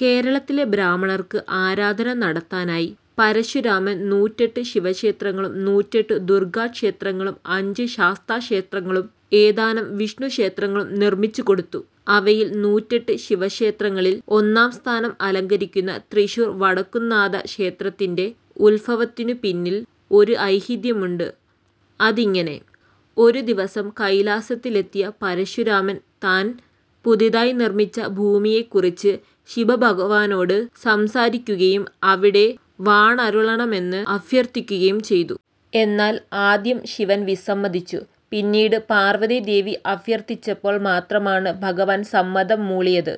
കേരളത്തിലെ ബ്രാഹ്മണർക്ക് ആരാധന നടത്താനായി പരശുരാമൻ നൂറ്റെട്ട് ശിവക്ഷേത്രങ്ങളും നൂറ്റെട്ട് ദുർഗ്ഗാക്ഷേത്രങ്ങളും അഞ്ച് ശാസ്താക്ഷേത്രങ്ങളും ഏതാനും വിഷ്ണുക്ഷേത്രങ്ങളും നിർമ്മിച്ചുകൊടുത്തു. അവയിൽ നൂറ്റെട്ട് ശിവക്ഷേത്രങ്ങളിൽ ഒന്നാം സ്ഥാനം അലങ്കരിയ്ക്കുന്ന തൃശ്ശൂർ വടക്കുംനാഥക്ഷേത്രത്തിന്റെ ഉത്ഭവത്തിനുപിന്നിൽ ഒരു ഐതിഹ്യമുണ്ട്. അതിങ്ങനെ: ഒരുദിവസം കൈലാസത്തിലെത്തിയ പരശുരാമൻ താൻ പുതുതായി നിർമ്മിച്ച ഭൂമിയെക്കുറിച്ച് ശിവഭഗവാനോട് സംസാരിയ്ക്കുകയും അവിടെ വാണരുളണമെന്ന് അഭ്യർത്ഥിയ്ക്കുകയും ചെയ്തു. എന്നാൽ ആദ്യം ശിവൻ വിസമ്മതിച്ചു. പിന്നീട് പാർവ്വതീദേവി അഭ്യർത്ഥിച്ചപ്പോൾ മാത്രമാണ് ഭഗവാൻ സമ്മതം മൂളിയത്.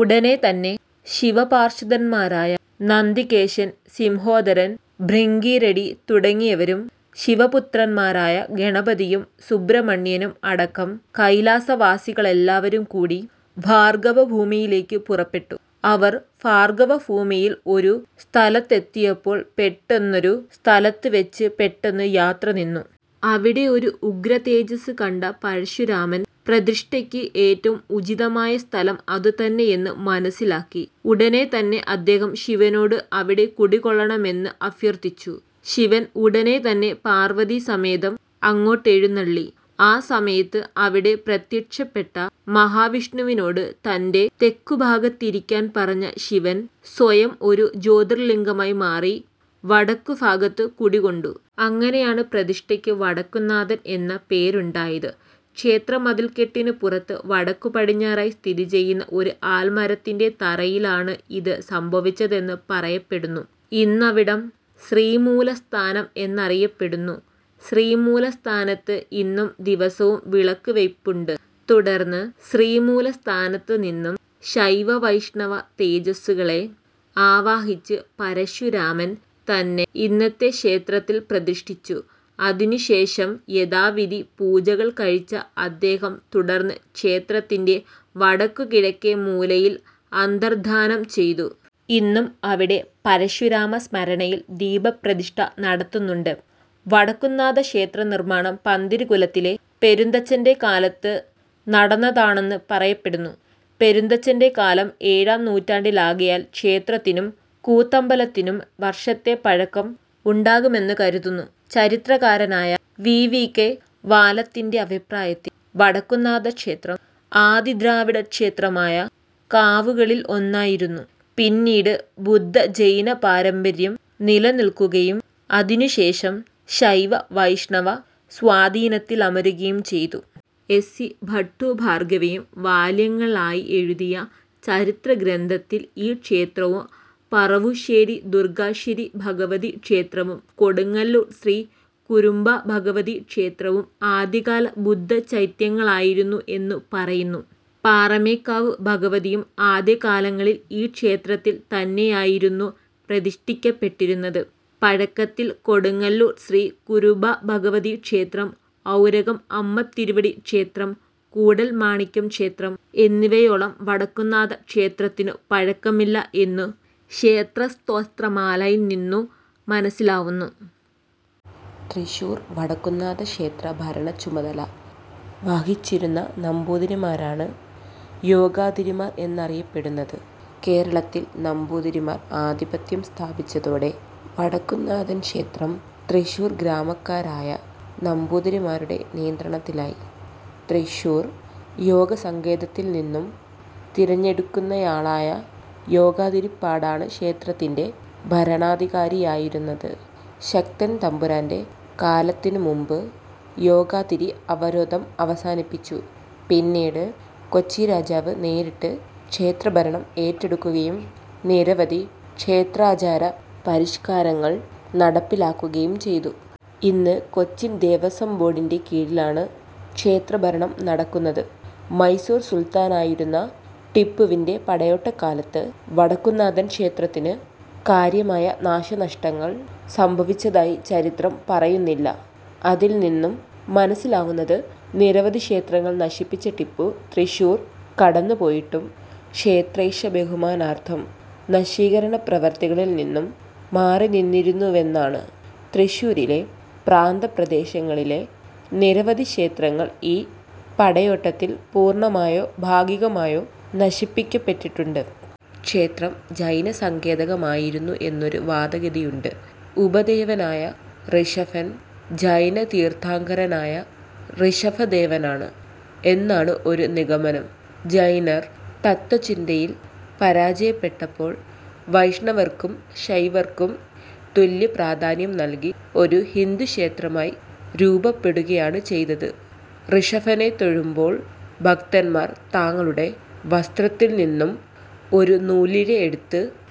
ഉടനെത്തന്നെ ശിവപാർഷദന്മാരായ നന്തികേശ്വരൻ, സിംഹോദരൻ, ഭൃംഗീരടി തുടങ്ങിയവരും ശിവപുത്രന്മാരായ ഗണപതിയും സുബ്രഹ്മണ്യനും അടക്കം കൈലാസവാസികളെല്ലാവരും കൂടി ഭാർഗ്ഗവഭൂമിയിലേയ്ക്ക് പുറപ്പെട്ടു. അവർ ഭാർഗ്ഗവഭൂമിയിൽ ഒരു സ്ഥലത്തെത്തിയപ്പോൾ പെട്ടെന്നൊരു സ്ഥലത്തുവച്ച് പെട്ടെന്ന് യാത്ര നിന്നു. അവിടെ ഒരു ഉഗ്രതേജസ്സ് കണ്ട പരശുരാമൻ പ്രതിഷ്ഠയ്ക്ക് ഏറ്റവും ഉചിതമായ സ്ഥലം അതുതന്നെയെന്ന് മനസ്സിലാക്കി. ഉടനെത്തന്നെ അദ്ദേഹം ശിവനോട് അവിടെ കുടികൊള്ളണമെന്ന് അഭ്യർത്ഥിച്ചു. ശിവൻ ഉടനെത്തന്നെ പാർവ്വതീസമേതം അങ്ങോട്ട് എഴുന്നള്ളി. ആ സമയത്ത് അവിടെ പ്രത്യക്ഷപ്പെട്ട മഹാവിഷ്ണുവിനോട് തന്റെ തെക്കുഭാഗത്തിരിയ്ക്കാൻ പറഞ്ഞ ശിവൻ സ്വയം ഒരു ജ്യോതിർലിംഗമായി മാറി വടക്കുഭാഗത്ത് കുടികൊണ്ടു. അങ്ങനെയാണ് പ്രതിഷ്ഠയ്ക്ക് വടക്കുംനാഥൻ എന്ന പേരുണ്ടായത്. ക്ഷേത്രമതിൽക്കെട്ടിനുപുറത്ത് വടക്കുപടിഞ്ഞാറായി സ്ഥിതിചെയ്യുന്ന ഒരു ആൽമരത്തിന്റെ തറയിലാണ് ഇത് സംഭവിച്ചതെന്ന് പറയപ്പെടുന്നു. ഇന്ന് അവിടം ശ്രീമൂലസ്ഥാനം എന്നറിയപ്പെടുന്നു. ശ്രീമൂലസ്ഥാനത്ത് ഇന്നും ദിവസവും വിളക്കുവയ്പുണ്ട്. തുടർന്ന് ശ്രീമൂലസ്ഥാനത്തുനിന്നും ശൈവവൈഷ്ണവതേജസ്സുകളെ ആവാഹിച്ച് പരശുരാമൻ തന്നെ ഇന്നത്തെ ക്ഷേത്രത്തിൽ പ്രതിഷ്ഠിച്ചു. അതിനുശേഷം യഥാവിധി പൂജകൾ കഴിച്ച അദ്ദേഹം തുടർന്ന് ക്ഷേത്രത്തിന്റെ വടക്കുകിഴക്കേമൂലയിൽ അന്തർദ്ധാനം ചെയ്തു. ഇന്നും അവിടെ പരശുരാമസ്മരണയിൽ ദീപപ്രതിഷ്ഠ നടത്തുന്നുണ്ട്. വടക്കുംനാഥക്ഷേത്ര നിർമ്മാണം പന്തിരുകുലത്തിലെ പെരുന്തച്ചൻറെ കാലത്ത് നടന്നതാണെന്ന് പറയപ്പെടുന്നു. പെരുന്തച്ചൻറെ കാലം ഏഴാം നൂറ്റാണ്ടിലാകയാൽ ക്ഷേത്രത്തിനും കൂത്തമ്പലത്തിനും വർഷത്തെ പഴക്കം ഉണ്ടാകുമെന്ന് കരുതുന്നു.. ചരിത്രകാരനായ വി. വി. കെ. വാലത്തിന്റെ അഭിപ്രായത്തിൽ വടക്കുംനാഥക്ഷേത്രം ആദിദ്രാവിഡക്ഷേത്രമായ കാവുകളിൽ ഒന്നായിരുന്നു. പിന്നീട് ബുദ്ധ-ജൈന പാരമ്പര്യം നിലനിൽക്കുകയും അതിനുശേഷം ശൈവ-വൈഷ്ണവ സ്വാധീനത്തിലമരുകയും ചെയ്തു. എസ്. സി. ഭട്ടും ബാർഗവയും വാല്യങ്ങളിലായി എഴുതിയ ചരിത്രഗ്രന്ഥത്തിൽ ഈ ക്ഷേത്രവും പറുവശ്ശേരി ദുർഗ്ഗശ്ശേരി ഭഗവതി ക്ഷേത്രവും കൊടുങ്ങല്ലൂർ ശ്രീ കുരുംബഭഗവതി ക്ഷേത്രവും ആദ്യകാല ബുദ്ധചൈത്യങ്ങളായിരുന്നു എന്നു പറയുന്നു. പാറമേക്കാവ് ഭഗവതിയും ആദ്യകാലങ്ങളിൽ ഈ ക്ഷേത്രത്തിൽ തന്നെയായിരുന്നു പ്രതിഷ്ഠിക്കപ്പെട്ടിരുന്നത്. പഴക്കത്തിൽ കൊടുങ്ങല്ലൂർ ശ്രീ കുരുംബഭഗവതി ക്ഷേത്രം, ഊരകം അമ്മത്തിരുവടി ക്ഷേത്രം, കൂടൽമാണിക്യം ക്ഷേത്രം എന്നിവയോളം വടക്കുംനാഥക്ഷേത്രത്തിനു പഴക്കമില്ല എന്നു ക്ഷേത്രസ്തോത്രമാല നിന്നും മനസ്സിലാവുന്നു. തൃശ്ശുർ വടക്കുംനാഥക്ഷേത്ര ഭരണച്ചുമതല വഹിച്ചിരുന്ന നമ്പൂതിരിമാരാണ് യോഗാതിരിമാർ എന്നറിയപ്പെട്ടിരുന്നത്. കേരളത്തിൽ നമ്പൂതിരിമാർ ആധിപത്യം സ്ഥാപിച്ചതോടെ വടക്കുംനാഥൻ ക്ഷേത്രം തൃശ്ശൂർ ഗ്രാമക്കാരായ നമ്പൂതിരിമാരുടെ നിയന്ത്രണത്തിലായി. തൃശ്ശൂർ യോഗസങ്കേതത്തിൽനിന്നും തിരഞ്ഞെടുക്കുന്നയാളായ യോഗാതിരിപ്പാടാണ് ക്ഷേത്രത്തിൻറെ ഭരണാധികാരിയായിരുന്നത്. ശക്തൻ തമ്പുരാന്റെ കാലത്തിനു മുൻപ് യോഗാതിരി അവരോധം അവസാനിപ്പിച്ചു. പിന്നീട് കൊച്ചിരാജാവ് നേരിട്ട് ക്ഷേത്രഭരണം ഏറ്റെടുക്കുകയും നിരവധി ക്ഷേത്രാചാര പരിഷ്കാരങ്ങൾ നടപ്പിലാക്കുകയും ചെയ്തു. ഇന്ന് കൊച്ചിൻ ദേവസ്വം ബോർഡിൻറെ കീഴിലാണ് ക്ഷേത്രഭരണം നടക്കുന്നത്. മൈസൂർ സുൽത്താനായിരുന്ന ടിപ്പുവിന്റെ പടയോട്ടകാലത്ത് വടക്കുംനാഥൻ ക്ഷേത്രത്തിനു കാര്യമായ നാശനഷ്ടങ്ങൾ സംഭവിച്ചതായി ചരിത്രം പറയുന്നില്ല. അതിൽ നിന്നും മനസ്സിലാവുന്നത് നിരവധിക്ഷേത്രങ്ങൾ നശിപ്പിച്ച ടിപ്പു, തൃശ്ശൂർ കടന്നു പോയിട്ടും ക്ഷേത്രേശബഹുമാനാർത്ഥം നശീകരണ പ്രവൃത്തികളിൽ നിന്നും മാറിനിന്നിരുന്നുവെന്നാണ്. തൃശ്ശൂരിലെ പ്രാന്തപ്രദേശങ്ങളിലെ നിരവധി ക്ഷേത്രങ്ങൾ ഈ പടയോട്ടത്തിൽ പൂർണ്ണമായോ ഭാഗികമായോ നശിപ്പിയ്ക്കപ്പെട്ടിട്ടുണ്ട്. ക്ഷേത്രം ജൈനസങ്കേതമായിരുന്നു എന്നൊരു വാദഗതിയുണ്ട്. ഉപദേവനായ ഋഷഭൻ ജൈന തീർത്ഥങ്കരനായ ഋഷഭദേവനാണ് എന്നാണ് ഒരു നിഗമനം. ജൈനർ തത്ത്വചിന്തയിൽ പരാജയപ്പെട്ടപ്പോൾ വൈഷ്ണവർക്കും ശൈവർക്കും തുല്യ പ്രാധാന്യം നൽകി ഒരു ഹിന്ദുക്ഷേത്രമായി രൂപപ്പെടുകയാണ് ചെയ്തത്. ഋഷഭനെ തൊഴുമ്പോൾ ഭക്തന്മാർ തങ്ങളുടെ വസ്ത്രത്തിൽ നിന്നും ഒരു നൂലിഴ എടുത്ത്